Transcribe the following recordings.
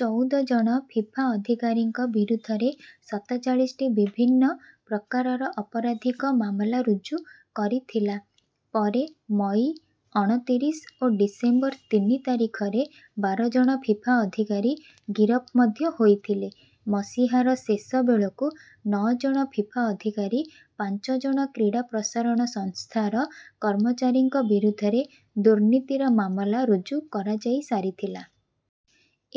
ଚଉଦ ଜଣ ଫିଫା ଅଧିକାରୀଙ୍କ ବିରୁଦ୍ଧରେ ସତଚାଳିଶଟି ବିଭିନ୍ନ ପ୍ରକାରର ଅପରାଧିକ ମାମଲା ରୁଜୁ କରିଥିଲା। ପରେ ମଇ ଅଣତିରିଶ ଓ ଡିସେମ୍ବର ତିନି ତାରିଖରେ ବାର ଜଣ ଫିଫା ଅଧିକାରୀ ଗିରଫ ମଧ୍ୟ ହୋଇଥିଲେ। ମସିହାର ଶେଷ ବେଳକୁ ନଅ ଜଣ ଫିଫା ଅଧିକାରୀ ପାଞ୍ଚ ଜଣ କ୍ରୀଡ଼ା ପ୍ରସାରଣ ସଂସ୍ଥାର କର୍ମଚାରୀଙ୍କ ବିରୁଦ୍ଧରେ ଦୁର୍ନୀତିର ମାମଲା ରୁଜୁ କରାଯାଇ ସାରିଥିଲା।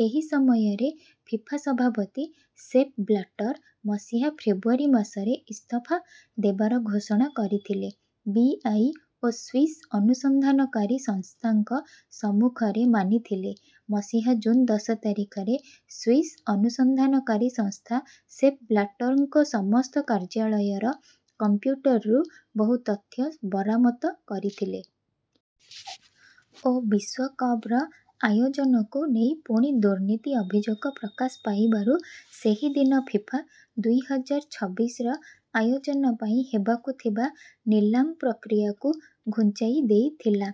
ଏହି ସମୟରେ ଫିଫା ସଭାପତି ସେପ୍ ବ୍ଲାଟର୍ ମସିହା ଫେବୃଆରୀ ମାସରେ ଇସ୍ତଫା ଦେବାର ଘୋଷଣା କରିଥିଲେ। ବି. ଆଇ. ଓ ସ୍ୱିସ୍ ଅନୁସନ୍ଧାନକାରୀ ସଂସ୍ଥାଙ୍କ ସମ୍ମୁଖରେ ମାନିଥିଲେ। ମସିହା ଜୁନ୍ ଦଶ ତାରିଖରେ ସ୍ୱିସ୍ ଅନୁସନ୍ଧାନକାରୀ ସଂସ୍ଥା ସେପ୍ ବ୍ଲାଟର୍ଙ୍କ ସମସ୍ତ କାର୍ଯ୍ୟାଳୟର କମ୍ପ୍ୟୁଟରରୁ ବହୁ ତଥ୍ୟ ବରାମତ କରିଥିଲେ। ଓ ବିଶ୍ୱକପର ଆୟୋଜନକୁ ନେଇ ପୁଣି ଦୁର୍ନୀତି ଅଭିଯୋଗ ପ୍ରକାଶ ପାଇବାରୁ ସେହିଦିନ ଫିଫା ଦୁଇ ହଜାର ଛବିଶର ଆୟୋଜନ ପାଇଁ ହେବାକୁ ଥିବା ନିଲାମ ପ୍ରକ୍ରିୟାକୁ ଘୁଞ୍ଚାଇ ଦେଇଥିଲା।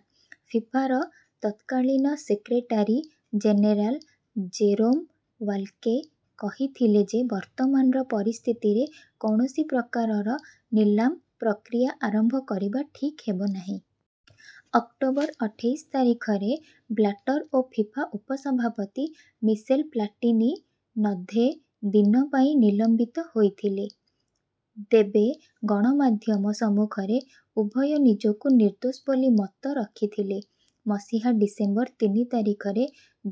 ଫିଫାର ତତ୍କାଳୀନ ସେକ୍ରେଟାରୀ ଜେନେରାଲ୍ ଜେରୋମ୍ ୱାଲ୍କେ କହିଥିଲେ ଯେ ବର୍ତ୍ତମାନର ପରିସ୍ଥିତିରେ କୌଣସି ପ୍ରକାରର ନିଲାମ ପ୍ରକ୍ରିୟା ଆରମ୍ଭ କରିବା ଠିକ୍ ହେବନାହିଁ। ଅକ୍ଟୋବର ଅଠେଇଶ ତାରିଖରେ ବ୍ଲାଟର୍ ଓ ଫିଫା ଉପସଭାପତି ମିସେଲ୍ ପ୍ଲାଟିନି ନବ୍ବେ ଦିନ ପାଇଁ ନିଲମ୍ବିତ ହୋଇଥିଲେ। ତେବେ ଗଣମାଧ୍ୟମ ସମ୍ମୁଖରେ ଉଭୟ ନିଜକୁ ନିର୍ଦ୍ଦୋଷ ବୋଲି ମତ ରଖିଥିଲେ। ମସିହା ଡିସେମ୍ବର ତିନି ତାରିଖରେ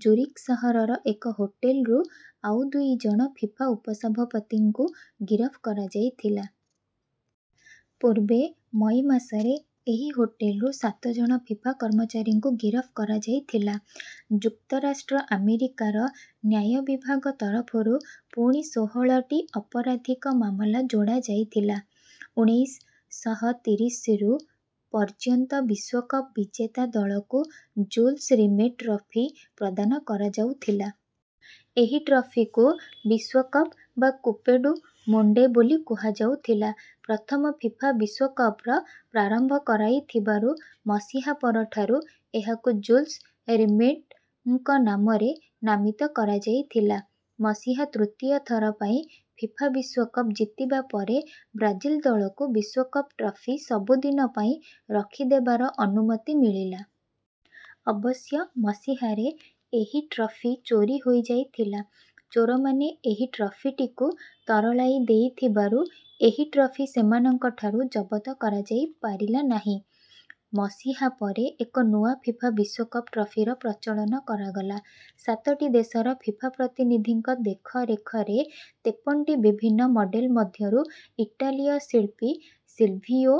ଜୁରିକ୍ ସହରର ଏକ ହୋଟେଲ୍ରୁ ଆଉ ଦୁଇ ଜଣ ଫିଫା ଉପସଭାପତିଙ୍କୁ ଗିରଫ କରାଯାଇଥିଲା। ପୂର୍ବେ ମଇ ମାସରେ ଏହି ହୋଟେଲ୍ରୁ ସାତ ଜଣ ଫିଫା କର୍ମଚାରୀଙ୍କୁ ଗିରଫ କରାଯାଇଥିଲା। ଯୁକ୍ତରାଷ୍ଟ୍ର ଆମେରିକାର ନ୍ୟାୟ ବିଭାଗ ତରଫରୁ ପୁଣି ଷୋହଳଟି ଅପରାଧିକ ମାମଲା ଯୋଡ଼ା ଯାଇଥିଲା। ଉଣେଇଶ ଶହ ତିରିଶରୁ ପର୍ଯ୍ୟନ୍ତ ବିଶ୍ୱକପ ବିଜେତା ଦଳକୁ ଜୁଲ୍ସ୍ ରିମେଟ୍ ଟ୍ରଫି ପ୍ରଦାନ କରାଯାଉଥିଲା। ଏହି ଟ୍ରଫିକୁ ବିଶ୍ୱକପ ବା କୁପେ ଡୁ ମୋଣ୍ଡେ ବୋଲି କୁହାଯାଉଥିଲା। ପ୍ରଥମ ଫିଫା ବିଶ୍ୱକପର ପ୍ରାରମ୍ଭ କରାଇଥିବାରୁ ମସିହା ପରଠାରୁ ଏହାକୁ ଜୁଲ୍ସ୍ ରିମେଟ୍ଙ୍କ ନାମରେ ନାମିତ କରାଯାଇଥିଲା। ମସିହା ତୃତୀୟ ଥର ପାଇଁ ଫିଫା ବିଶ୍ୱକପ ଜିତିବା ପରେ ବ୍ରାଜିଲ ଦଳକୁ ବିଶ୍ୱକପ ଟ୍ରଫି ସବୁ ଦିନ ପାଇଁ ରଖିଦେବାର ଅନୁମତି ମିଳିଲା। ଅବଶ୍ୟ ମସିହାରେ ଏହି ଟ୍ରଫି ଚୋରି ହୋଇଯାଇଥିଲା। ଚୋରମାନେ ଏହି ଟ୍ରଫିଟିକୁ ତରଳାଇ ଦେଇଥିବାରୁ ଏହି ଟ୍ରଫି ସେମାନଙ୍କଠାରୁ ଜବତ କରାଯାଇପାରିଲା ନାହିଁ। ମସିହା ପରେ ଏକ ନୂଆ ଫିଫା ବିଶ୍ୱକପ ଟ୍ରଫିର ପ୍ରଚଳନ କରାଗଲା। ସାତଟି ଦେଶର ଫିଫା ପ୍ରତିନିଧିଙ୍କ ଦେଖରେଖରେ ତେପନଟି ବିଭିନ୍ନ ମଡେଲ୍ ମଧ୍ୟରୁ ଇଟାଲୀୟ ଶିଳ୍ପୀ ସିଲ୍ଭିଓ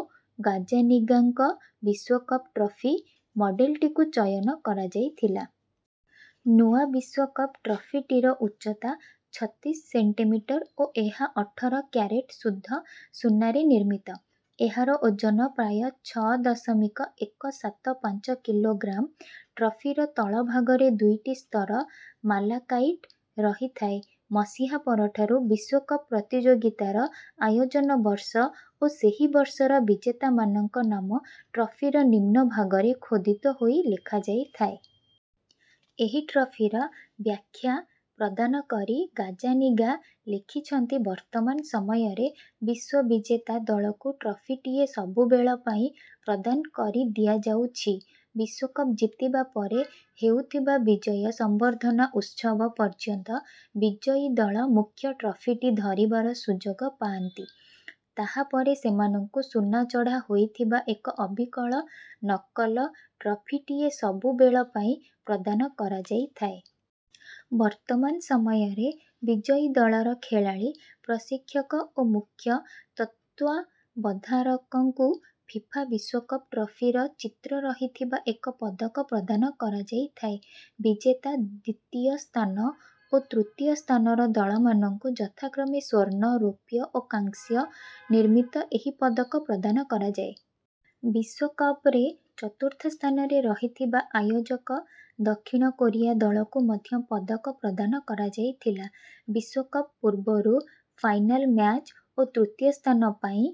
ଗାଜ୍ଜାନିଗାଙ୍କ ବିଶ୍ୱକପ ଟ୍ରଫି ମଡେଲ୍ଟିକୁ ଚୟନ କରାଯାଇଥିଲା। ନୂଆ ବିଶ୍ୱକପ ଟ୍ରଫିଟିର ଉଚ୍ଚତା ଛତିଶ ସେଣ୍ଟିମିଟର୍ ଓ ଏହା ଅଠର କ୍ୟାରେଟ୍ ଶୁଦ୍ଧ ସୁନାରେ ନିର୍ମିତ। ଏହାର ଓଜନ ପ୍ରାୟ ଛଅ ଦଶମିକ ଏକ ସାତ ପାଞ୍ଚ କିଲୋଗ୍ରାମ୍। ଟ୍ରଫିର ତଳଭାଗରେ ଦୁଇଟି ସ୍ତର ମାଲାକାଇଟ୍ ରହିଥାଏ। ମସିହା ପରଠାରୁ ବିଶ୍ୱକପ ପ୍ରତିଯୋଗିତାର ଆୟୋଜନ ବର୍ଷ ଓ ସେହି ବର୍ଷର ବିଜେତାମାନଙ୍କ ନାମ ଟ୍ରଫିର ନିମ୍ନ ଭାଗରେ ଖୋଦିତ ହୋଇ ଲେଖାଯାଇଥାଏ। ଏହି ଟ୍ରଫିର ବ୍ୟାଖ୍ୟା ପ୍ରଦାନ କରି ଗାଜ୍ଜାନିଗା ଲେଖିଛନ୍ତି ବର୍ତ୍ତମାନ ସମୟରେ ବିଶ୍ୱବିଜେତା ଦଳକୁ ଟ୍ରଫିଟିଏ ସବୁବେଳ ପାଇଁ ପ୍ରଦାନ କରିଦିଆଯାଉଛି। ବିଶ୍ୱକପ ଜିତିବା ପରେ ହେଉଥିବା ବିଜୟ ସମ୍ବର୍ଦ୍ଧନା ଉତ୍ସବ ପର୍ଯ୍ୟନ୍ତ ବିଜୟୀ ଦଳ ମୁଖ୍ୟ ଟ୍ରଫିଟି ଧରିବାର ସୁଯୋଗ ପାଆନ୍ତି। ତାହା ପରେ ସେମାନଙ୍କୁ ସୁନା ଚଢ଼ା ହୋଇଥିବା ଏକ ଅବିକଳ ନକଲ ଟ୍ରଫିଟିଏ ସବୁ ବେଳ ପାଇଁ ପ୍ରଦାନ କରାଯାଇଥାଏ। ବର୍ତ୍ତମାନ ସମୟରେ ବିଜୟୀ ଦଳର ଖେଳାଳୀ ପ୍ରଶିକ୍ଷକ ଓ ମୁଖ୍ୟ ତତ୍ତ୍ୱାବଧାରକଙ୍କୁ ଫିଫା ବିଶ୍ୱକପ ଟ୍ରଫିର ଚିତ୍ର ରହିଥିବା ଏକ ପଦକ ପ୍ରଦାନ କରାଯାଇଥାଏ। ବିଜେତା ଦ୍ୱିତୀୟ ସ୍ଥାନ ଓ ତୃତୀୟ ସ୍ଥାନର ଦଳମାନଙ୍କୁ ଯଥାକ୍ରମେ ସ୍ୱର୍ଣ୍ଣ ରୌପ୍ୟ ଓ କାଂସ୍ୟ ନିର୍ମିତ ଏହି ପଦକ ପ୍ରଦାନ କରାଯାଏ। ବିଶ୍ୱକପରେ ଚତୁର୍ଥ ସ୍ଥାନରେ ରହିଥିବା ଆୟୋଜକ ଦକ୍ଷିଣ କୋରିଆ ଦଳକୁ ମଧ୍ୟ ପଦକ ପ୍ରଦାନ କରାଯାଇଥିଲା। ବିଶ୍ୱକପ ପୂର୍ବରୁ ଫାଇନାଲ୍ ମ୍ୟାଚ୍ ଓ ତୃତୀୟ ସ୍ଥାନ ପାଇଁ